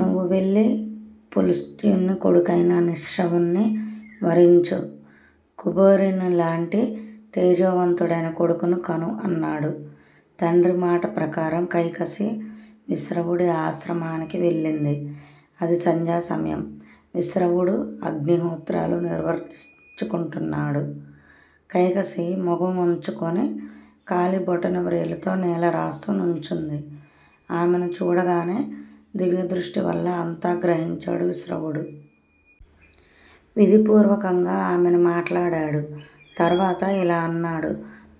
నువ్వు వెళ్ళి పులస్త్యుని కొడుకైన నిశ్రవుణ్ని వరించు. కుబేరునిలాంటి తేజోవంతుడైన కొడుకును కను అన్నాడు. తండ్రి మాట ప్రకారం కైకసి విశ్రవుడి ఆశ్రమానికి వెళ్ళింది. అది సంధ్యాసమయం, విశ్రవుడు అగ్నిహోత్రాలు నిర్వర్తించుకుంటున్నాడు. కైకసి మొగం వంచుకొని కాలి బొటనవ్రేలితో నేలరాస్తూ నుంచుంది. ఆమెను చూడగానే దివ్యదృష్టి వల్ల అంతా గ్రహించాడు విశ్రవుడు. విధిపూర్వకంగా ఆమెను మాట్లాడాడు. తర్వాత ఇలా అన్నాడు.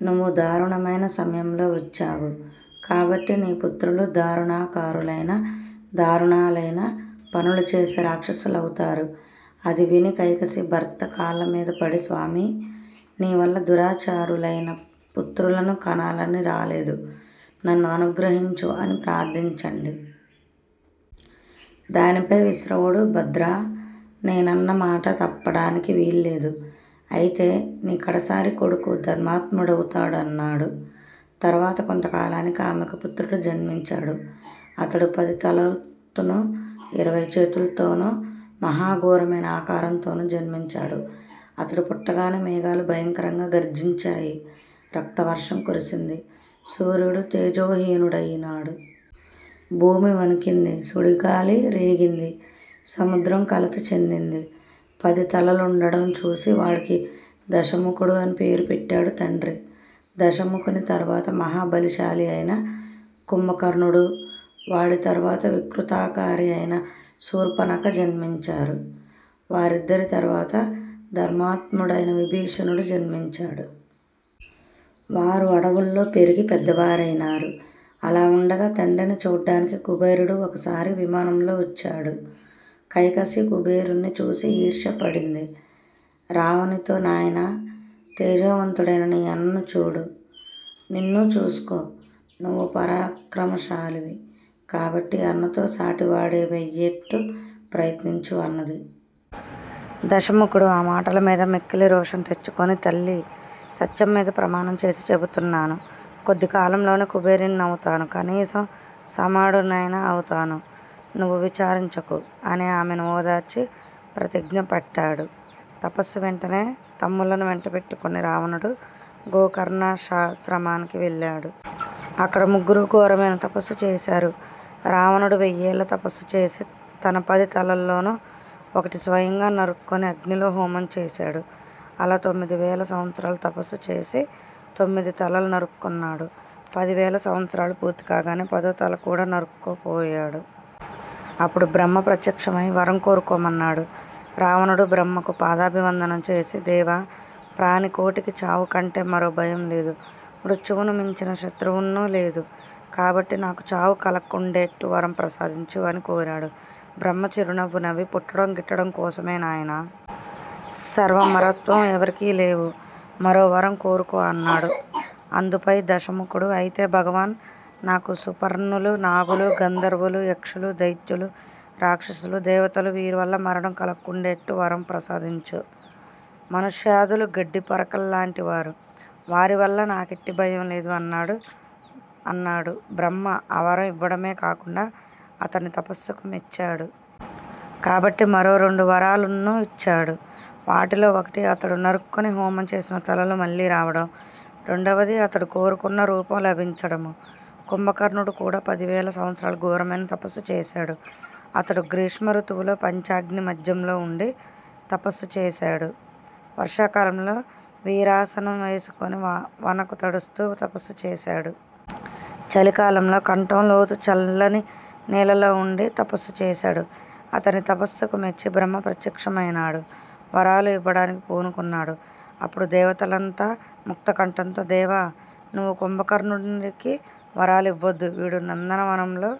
నువ్వు దారుణమైన సమయంలో వచ్చావు. కాబట్టి నీ పుత్రులు దారుణాకారులైన దారుణాలైన పనులు చేసే రాక్షసులవుతారు అది విని కైకసి భర్త కాళ్ళమీద పడి స్వామీ! నీవల్ల దురాచారులైన పుత్రులను కనాలని రాలేదు. నన్ను అనుగ్రహించు అని ప్రార్దించండి. దానిపై విశ్రవుడు భద్రా! నేనన్నమాట తప్పడానికి వీల్లేదు. అయితే నీ కడసారి కొడుకు ధర్మాత్ముడవుతాడు అన్నాడు. తరువాత కొంతకాలానికి ఆమెకు పుత్రుడు జన్మించాడు. అతడు పదితలల్తోనూ, ఇరవై చేతుల్తోనూ మహా ఘోరమైన ఆకారంతోనూ జన్మించాడు. అతడు పుట్టగానే మేఘాలు భయంకరంగా గర్జించాయి. రక్తవర్షం కురిసింది. సూర్యుడు తేజోహీనుడైనాడు. భూమి వణికింది. సుడిగాలి రేగింది. సముద్రం కలత చెందింది. పది తలలుండడం చూసి వాడికి దశముఖుడు అని పేరు పెట్టాడు తండ్రి. దశముఖుని తరువాత మహా బలిశాలి అయిన కుంభకర్ణుడూ, వాడి తరువాత వికృతాకారి అయిన శూర్పనఖ జన్మించారు. వారిద్దరి తరువాత ధర్మాత్ముడైన విభీషణుడు జన్మించాడు. వారు అడవుల్లో పెరిగి పెద్దవారైనారు. అలా వుండగా తండ్రిని చూడ్డానికి కుబేరుడు ఒక సారి విమానంలో వచ్చాడు. కైకసి కుబేరుణ్ణి చూసి ఈర్ష్య పడింది. రావణునితో నాయనా! తేజోవంతుడైన నీ అన్నను చూడు. నిన్నూ చూసుకో, నువ్వు పరాక్రమశాలివి. కాబట్టి అన్నతో సాటివాడివయ్యేట్టు ప్రయత్నించు అన్నది. దశముఖుడు ఆ మాటల మీద మిక్కిలి రోషం తెచ్చుకొని తల్లీ! సత్యం మీద ప్రమాణం చేసి చెపుతున్నాను. కొద్ది కాలంలోనే కుబేరుణ్ణి అవుతాను. కనీసం సమానుడనైనా అవుతాను. నువ్వు విచారించకు అని ఆమెను ఓదార్చి ప్రతిజ్ఞ పట్టాడు. తపస్సు వెంటనే తమ్ములను వెంటబెట్టుకుని రావణుడు గోకర్ణాశ్రమానికి వెళ్లాడు. అక్కడ ముగ్గురూ ఘోరమైన తపస్సు చేశారు. రావణుడు వెయ్యేళ్ళు తపస్సు చేసి, తన పది తలల్లోనూ ఒకటి స్వయంగా నరుక్కొని అగ్నిలో హోమం చేశాడు. అలా తొమ్మిది వేల సంవత్సరాలు తపస్సు చేసి తొమ్మిది తలలు నరుక్కున్నాడు. పదివేల సంవత్సరాలూ పూర్తికాగానే పదో తల కూడా నరుక్కోపోయాడు. అప్పుడు బ్రహ్మ ప్రత్యక్షం అయి వరం కోరుకోమన్నాడు. రావణుడు బ్రహ్మకు పాదాభివందనం చేసి దేవా! ప్రాణికోటికి చావుకంటే మరో భయంలేదు. మృత్యువును మించిన శత్రువున్నూ లేదు. కాబట్టి నాకు చావు కలక్కుండేట్టు వరం ప్రసాదించు అని కోరాడు. బ్రహ్మ చిరునవ్వు నవ్వి పుట్టడం గిట్టడం కోసమే నాయనా. సర్వామరత్వం ఎవరికీ లేవు. మరో వరం కోరుకో అన్నాడు. అందుపై దశముఖుడు అయితే భగవాన్! నాకు సుపర్ణులు, నాగులు, గంధర్వులు, యక్షులు, దైత్యులు, రాక్షసులు, దేవతలు వీరి వల్ల మరణం కలక్కుండేట్టు వరం ప్రసాదించు. మనుష్యాదులు గడ్డిపరకల్లాంటివారు. వారివల్ల నాకెట్టి భయంలేదు. అన్నాడు. బ్రహ్మ ఆ వరం ఇవ్వడమే కాకుండా అతని తపస్సుకు మెచ్చాడు. కాబట్టి మరో రెండు వరాలున్నూ ఇచ్చాడు. వాటిలో ఒకటి అతడు నరుక్కొని హోమం చేసిన తలలు మళ్లీ రావడం, రెండవది అతడు కోరుకున్న రూపం లభించడమూ. కుంభకర్ణుడు కూడా పదివేల సంవత్సరాలు ఘోరమైన తపస్సు చేశాడు. అతడు గ్రీష్మరుతువులో పంచాగ్ని మధ్యంలో వుండి తపస్సుచేశాడు. వర్షాకాలంలో వీరాసనం వేసుకొని వానకు తడుస్తూ తపస్సుచేశాడు. చలికాలంలో కంఠంలోతు చల్లని నీళ్ళలో వుండి తపస్సు చేశాడు. అతని తపస్సుకు మెచ్చి బ్రహ్మ ప్రత్యక్షం అయినాడు. వరాలు ఇవ్వడానికి పూనుకున్నాడు. అప్పుడు దేవతలంతా ముక్తకంఠంతో దేవా! నువ్వు కుంభకర్ణుడికి వరాలివ్వవద్దు. వీడు నందనవనంలో